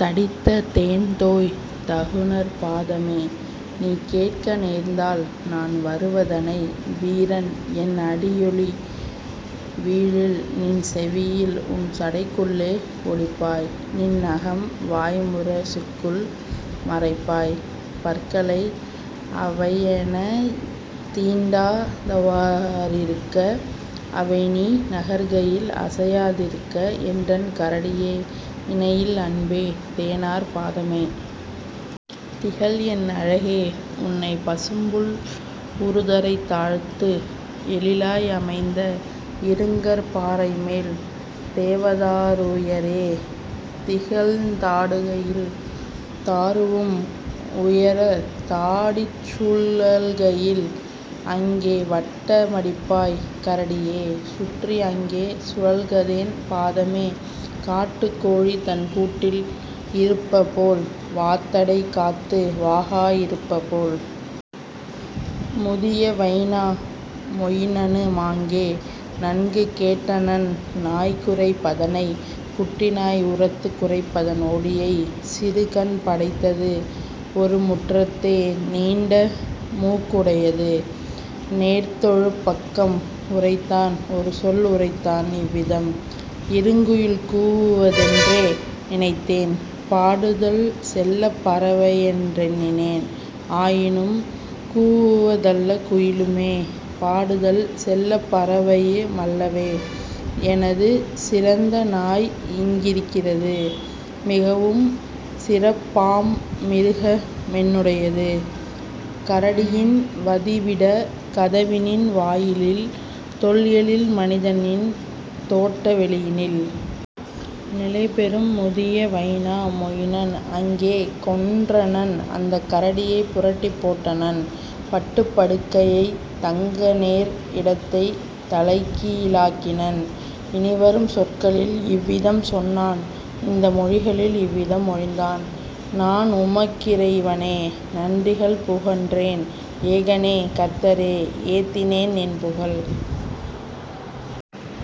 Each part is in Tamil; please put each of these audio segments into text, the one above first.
தடித்த தேன்தோய் தகுநற் பாதமே! நீகேட்க நேர்ந்தால் நான்வரு வதனை வீரன்என் அடியொலி வீழில்நின் செவியில் உன்சடைக் குள்ளே ஒளிப்பாய் நின்நகம் வாய்முர சுக்குள் மறைப்பாய் பற்களை அவையெனைத் தீண்டா தவ்வா றிருக்க அவைநீ நகர்கையில் அசையா திருக்க! என்றன் கரடியே, இணையில் அன்பே! தேனார் பாதமே. திகழ்என் அழகே! உன்னைப் பசும்புல் உறுதரைத் தாழ்த்து எழிலாய் அமைந்த இருங்கற் பாறைமேல் தேவதா ருயரே திகழ்ந் தாடுகையில் தாருவும் உயரத் தாடிச் சுழல்கையில்; அங்கே வட்ட மடிப்பாய் கரடியே, சுற்றி அங்கே சுழல்கதேன் பாதமே, காட்டுக் கோழிதன் கூட்டில் இருப்பபோல் வாத்தடை காத்து வாகா யிருப்பபோல். " முதிய வைனா மொயினனு மாங்கே நன்கு கேட்டனன் நாய்குரைப் பதனை குட்டிநாய் உரத்துக் குரைப்பதன் ஒலியை சிறுகண் படைத்தது ஒருமுற் றத்தே நீண்டமூக் குடையது நேர்த்தொழுப் பக்கம் உரைத்தான் ஒருசொல் உரைத்தான் இவ்விதம்: "இருங்குயில் கூவுவ தென்றே நினைத்தேன் பாடுதல் செல்லப் பறவையென் றெண்ணினேன் ஆயினும் கூவுவ தல்லக் குயிலுமே பாடுதல் செல்லப் பறவையு மல்லவே; எனது சிறந்தநாய் இங்கிருக் கிறது மிகவும் சிறப்பாம் மிருகமென் னுடையது கரடியின் வதிவிடக் கதவினின் வாயிலில் தொல்எழில் மனிதனின் தோட்ட வெளியினில். " நிலைபெறும் முதிய வைனா மொயினன் அங்கே கொன்றனன் அந்தக் கரடியை புரட்டிப் போட்டனன் பட்டுப் படுக்கையை தங்கநேர் இடத்தைத் தலைக்கீ ழாக்கினன் இனிவரும் சொற்களில் இவ்விதம் சொன்னான் இந்த மொழிகளில் இவ்விதம் மொழிந்தான்: "நான்உமக் கிறைவனே, நன்றிகள் புகன்றேன்! ஏகனே, கர்த்தரே, ஏத்தினேன் நின்புகழ்!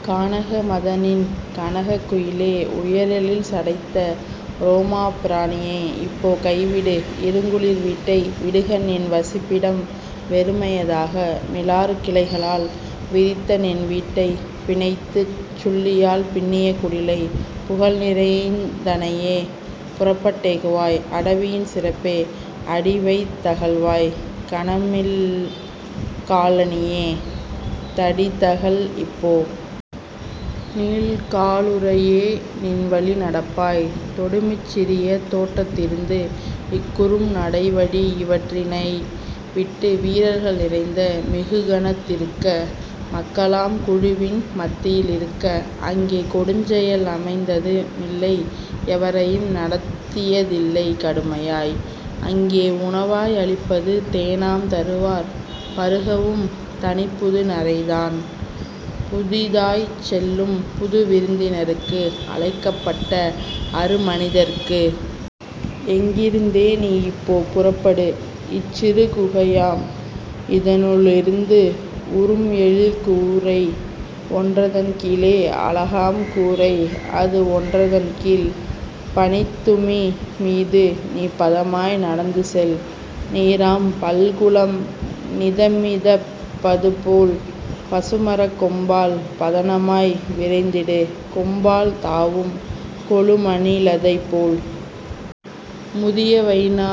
கானக மதனின் கனகக் குயிலே! உயர்எழில் சடைத்த உரோமப் பிராணியே! இப்போ கைவிடு இருங்குளிர் வீட்டை விடுகநின் வசிப்பிடம் வெறுமைய தாக மிலாறுக் கிளைகளால் விதித்தநின் வீட்டை பிணைத்துச் சுள்ளியால் பின்னிய குடிலை; புகழ்நிறைந் தனையே, புறப்பட் டேகுவாய்! அடவியின் சிறப்பே, அடிவைத் தகல்வாய்! கனமில்கா லணியே, கடிதகல் இப்போ! நீல்க்கா லுறையே, நின்வழி நடப்பாய்! தொடுமிச் சிறிய தோட்டத் திருந்து இக்குறும் நடைவழி இவற்றினை விட்டு வீரர்கள் நிறைந்த மிகுகணத் திருக்க, மக்களாம் குழுவின் மத்தியில் இருக்க. அங்கே கொடுஞ்செயல் அமைந்தது மில்லை எவரையும் நடத்திய தில்லைக் கடுமையாய்: அங்கே உணவாய் அளிப்பது தேனாம் தருவார் பருகவும் தனிப்புது நறைதான் புதிதாய்ச் செல்லும் புதுவிருந் தினர்க்கு அழைக்கப்பட்ட அருமனி தர்க்கு! இங்கிருந் தேநீ இப்போ புறப்படு இச்சிறு குகையாம் இதனுள் ளிருந்து உறும்எழிற் கூரை ஒன்றதன் கீழே அழகாம் கூரை அதுஒன் றதன்கீழ்; பனித்துமி மீதுநீ பதமாய் நடந்துசெல் நீராம் பல்குளம் நிதமிதப் பதுபோல், பசுமரக் கொம்பால் பதனமாய் விரைந்திடு கொம்பால் தாவும் கொழுமணி லதைப்போல். " முதிய வைனா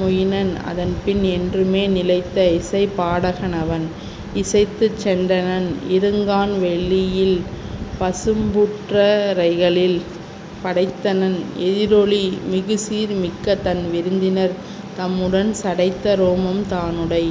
மொயினன் அதன்பின் என்றுமே நிலைத்த இசைப்பா டகனவன் இசைத்துச் சென்றனன் இருங்கான் வெளியில் பசும்புற் றரைகளில் படைத்தனன் எதிரொலி மிகுசீர் மிக்கதன் விருந்தினர் தம்முடன் சடைத்த உரோமம் தானுடை